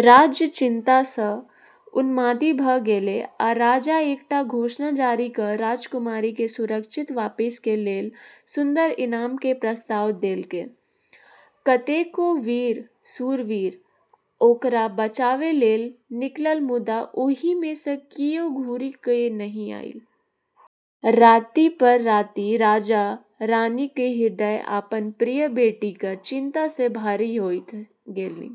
राज्य चिंता सॅं उन्मादी भ गेलै आ राजा एकटा घोषणा जारी क राजकुमारी के सुरक्षित वापसी के लेल सुन्दर इनाम के प्रस्ताव देलकै, कतेको वीर शूरवीर ओकरा बचाबय लेल निकलल मुदा ओहि मे सँ कियो घुरि क नहि आयल। राति पर राति राजा-रानीक हृदय अपन प्रिय बेटीक चिन्ता सँ भारी होइत गेलनि।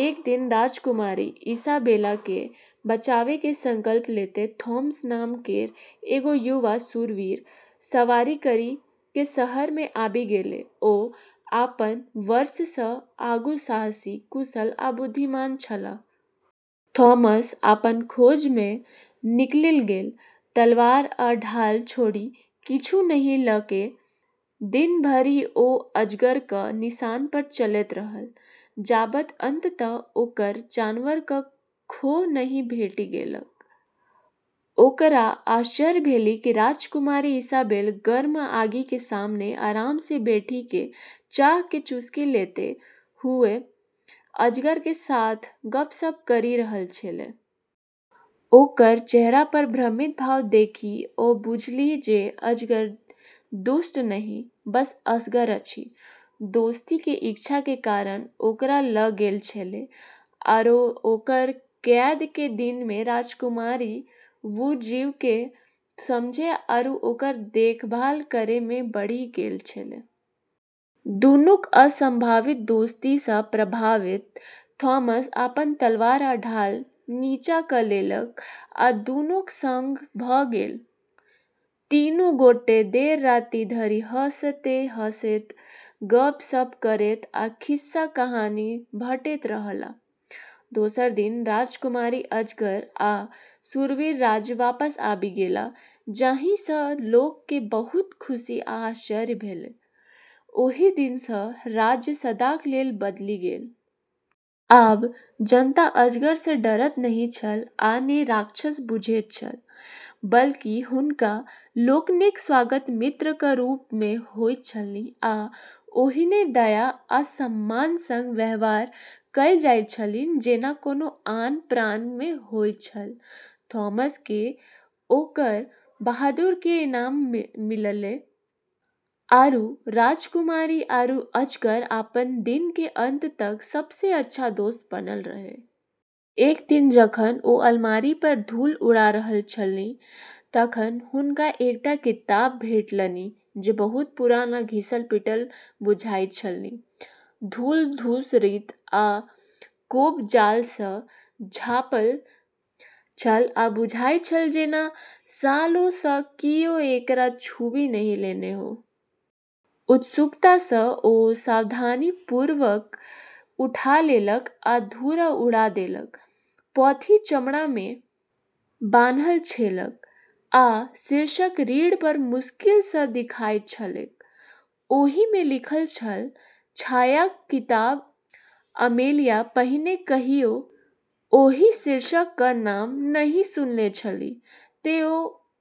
एक दिन राजकुमारी इसाबेला के बचाबै के संकल्प लेते थॉमस नाम केरऽ एगो युवा शूरवीर सवारी करी के शहर मे आबी गेलै ओ अपन वर्षसँ आगू साहसी, कुशल आ बुद्धिमान छलाह। थॉमस अपन खोज मे निकलि गेल, तलवार आ ढाल छोड़ि किछु नहि ल क दिन भरि ओ अजगरक निशान पर चलैत रहल, जाबत अंततः ओकरा जानवरक खोह नहि भेटि गेलैक। ओकरा आश्चर्य भेलै कि राजकुमारी इसाबेला गर्म आगि के सामने आराम सें बैठी के चाह के चुस्की लेतें हुवें अजगर के साथ गपशप करी रहलोॅ छेलै। ओकर चेहरा पर भ्रमित भाव देखि ओ बुझेलीह जे अजगर दुष्ट नहि, बस असगर अछि। दोस्ती के इच्छा के कारण ओकरा ल गेलऽ छेलै आरो ओकरऽ कैद के दिनऽ में राजकुमारी वू जीव के समझै आरू ओकरऽ देखभाल करै में बढ़ी गेलऽ छेलै। दुनूक असंभावित दोस्ती सँ प्रभावित थॉमस अपन तलवार आ ढाल नीचाँ क लेलक आ दुनूक संग भ गेल। तीनू गोटे देर राति धरि हँसैत-हँसैत, गप्प-सप्प करैत आ खिस्सा-कहानी बँटैत रहलाह। दोसर दिन राजकुमारी, अजगर आ शूरवीर राज्य वापस आबि गेलाह जाहि सं लोक के बहुत खुशी आ आश्चर्य भेल, ओहि दिन सँ राज्य सदाक लेल बदलि गेल। आब जनता अजगर स डरैत नहि छल आ ने राक्षस बुझैत छल। बल्कि हुनका लोकनिक स्वागत मित्रक रूप मे होइत छलनि आ ओहिना दया आ सम्मानक संग व्यवहार कयल जाइत छलनि जेना कोनो आन प्राणी मे होइत छल थॉमस के ओकरऽ बहादुरी के इनाम मिललै, आरू राजकुमारी आरू अजगर अपनऽ दिन के अंत तक सबसें अच्छा दोस्त बनलऽ रहलै। एक दिन जखन ओ अलमारी पर धूल उड़ा रहल छलीह तखन हुनका एकटा किताब भेटलनि जे बहुत पुरान आ घिसल-पिटल बुझाइत छलनि। धूल-धूसरित आ कोब-जालसँ झाँपल छल आ बुझाइत छल जेना सालोंसँ कियो एकरा छूबि नहि लेने हो। उत्सुकतासँ ओ सावधानीपूर्वक उठा लेलक आ धूरा उड़ा देलक। पोथी चमड़ा मे बान्हल छलैक, आ शीर्षक रीढ़ पर मुश्किल सँ देखाइत छलैक। ओहि मे लिखल छल, छायाक किताब अमेलिया पहिने कहियो ओहि शीर्षकक नाम नहि सुनने छलीह, तें ओ